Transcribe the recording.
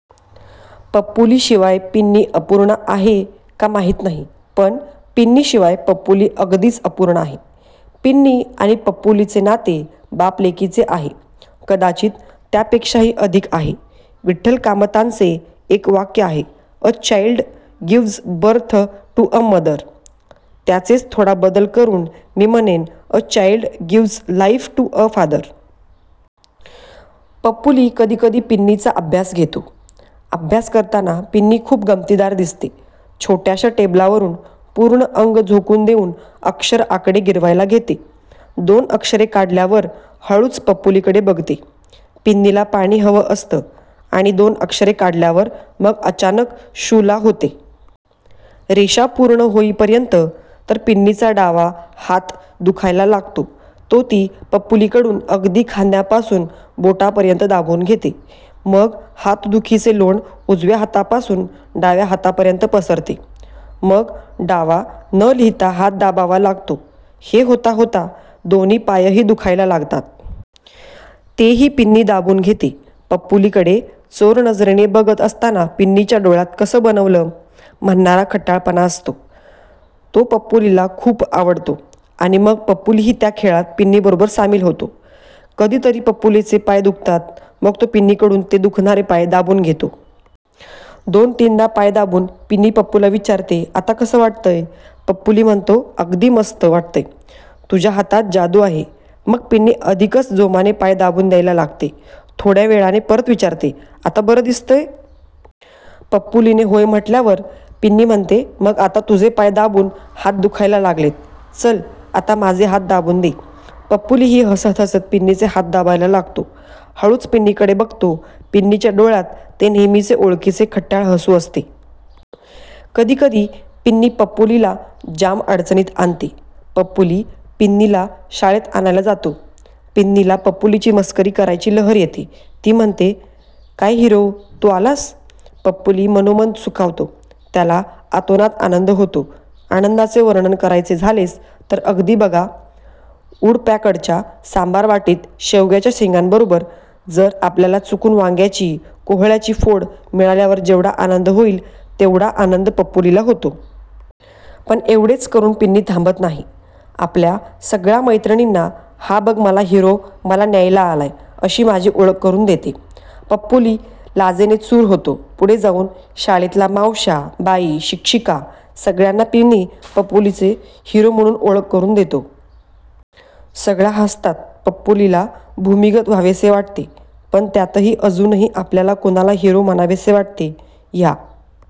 पप्पूलीशिवाय पिन्नी अपूर्ण आहे का माहीत नाही पण पिन्नीशिवाय पप्पूली अगदीच अपूर्ण आहे. पिन्नी आणि पप्पूलीचे नाते बाप-लेकीचे आहे, कदाचित त्यापेक्षाही अधिक आहे. विठ्ठल कामतांचे एक वाक्य आहे, a child gives birth to a mother, त्याचेच थोडा बदल करून मी म्हणेन, a child gives life to a father. Pappuli कधी कधी पिन्नीचा अभ्यास घेतो. अभ्यास करताना पिन्नी खूप गमतीदार दिसते. छोट्याशा टेबलावर पूर्ण अंग झोकून देऊन अक्षर आकडे गिरवायला घेते. दोन अक्षरे काढल्यावर हळूच पप्पूलीकडे बघते. पिन्नीला पाणी हवं असतं. आणि दोन अक्षरे काढल्यावर मग अचानक शू ला होते. रेषा पूर्ण होईपर्यंत तर पिन्नीचा डावा हात दुखायला लागतो. तो ती पप्पूलीकडून अगदी खांद्यापासून बोटांपर्यंत दाबून घेते. मग हातदुखीचे लोण उजव्या हातापासून डाव्या हातापर्यंत पसरते. मग डावा न-लिहिता हात दाबावा लागतो. हे होता होता दोन्ही पायही दुखायला लागतात. तेही पिन्नी दाबून घेते. पप्पूलीकडे चोरनजरेने बघत असताना पिन्नीच्या डोळ्यांत कसं बनवलं? म्हणणारा खट्याळपणा असतो. तो पप्पूलीला खूप आवडतो. आणि मग पप्पूलीही त्या खेळात पिन्नीबरोबर सामील होतो. कधी तरी पप्पूलीचे पाय दुखतात मग तो पिन्नीकडून ते दुखणारे पाय दाबून घेतो. दोन-तीनदा पाय दाबून पिन्नी पप्पूलीला विचारते, आता कसं वाटतंय? पप्पूली म्हणतो, अगदी मस्त वाटतंय, तुझ्या हातात जादू आहे, मग पिन्नी अधिकच जोमाने पाय दाबून द्यायला लागते. थोड्या वेळाने परत विचारते, आता बरं दिसतंय? पप्पूलीने होय म्हटल्यावर पिन्नी म्हणते, मग आता तुझे पाय दाबून हात दुखायला लागलेत, चल आता माझे हात दाबून दे. पप्पूलीही हसत हसत पिन्नीचे हात दाबायला लागतो. हळूच पिन्नीकडे बघतो. पिन्नीच्या डोळ्यांत ते नेहमीचे ओळखीचे खट्याळ हसू असते. कधी कधी पिन्नी पप्पूलीला जाम अडचणीत आणते. पप्पूली पिन्नीला शाळेत आणायला जातो. पिन्नीला पप्पूलीची मस्करी करायची लहर येते. ती म्हणते, काय हिरो, तू आलास? पप्पूली मनोमन सुखावतो, त्याला अतोनात आनंद होतो. आनंदाचे वर्णन करायचे झालेच तर अगदी बघा, उडप्याकडच्या सांबार वाटीत शेवग्याच्या शेंगांबरोबर जर आपल्याला चुकून वांग्याची, कोहोळ्याची फोड मिळाल्यावर जेवढा आनंद होईल तेवढा आनंद पप्पूलीला होतो. पण एवढेच करून पिन्नी थांबत नाही. आपल्या सगळ्या मैत्रिणींना, हा बघ मला हिरो मला न्यायला आलाय अशी माझी ओळख करून देते. पप्पूली लाजेने चूर होतो. पुढे जाऊन शाळेतल्या मावश्या, बाई, शिक्षिका सगळ्यांना पिन्नी पप्पूलीची हिरो म्हणून ओळख करून देतो. सगळ्या हसतात. पप्पूलीला भूमिगत व्हावेसे वाटते. पण त्यातही अजूनही आपल्याला कुणाला हिरो म्हणावेसे वाटते ह्या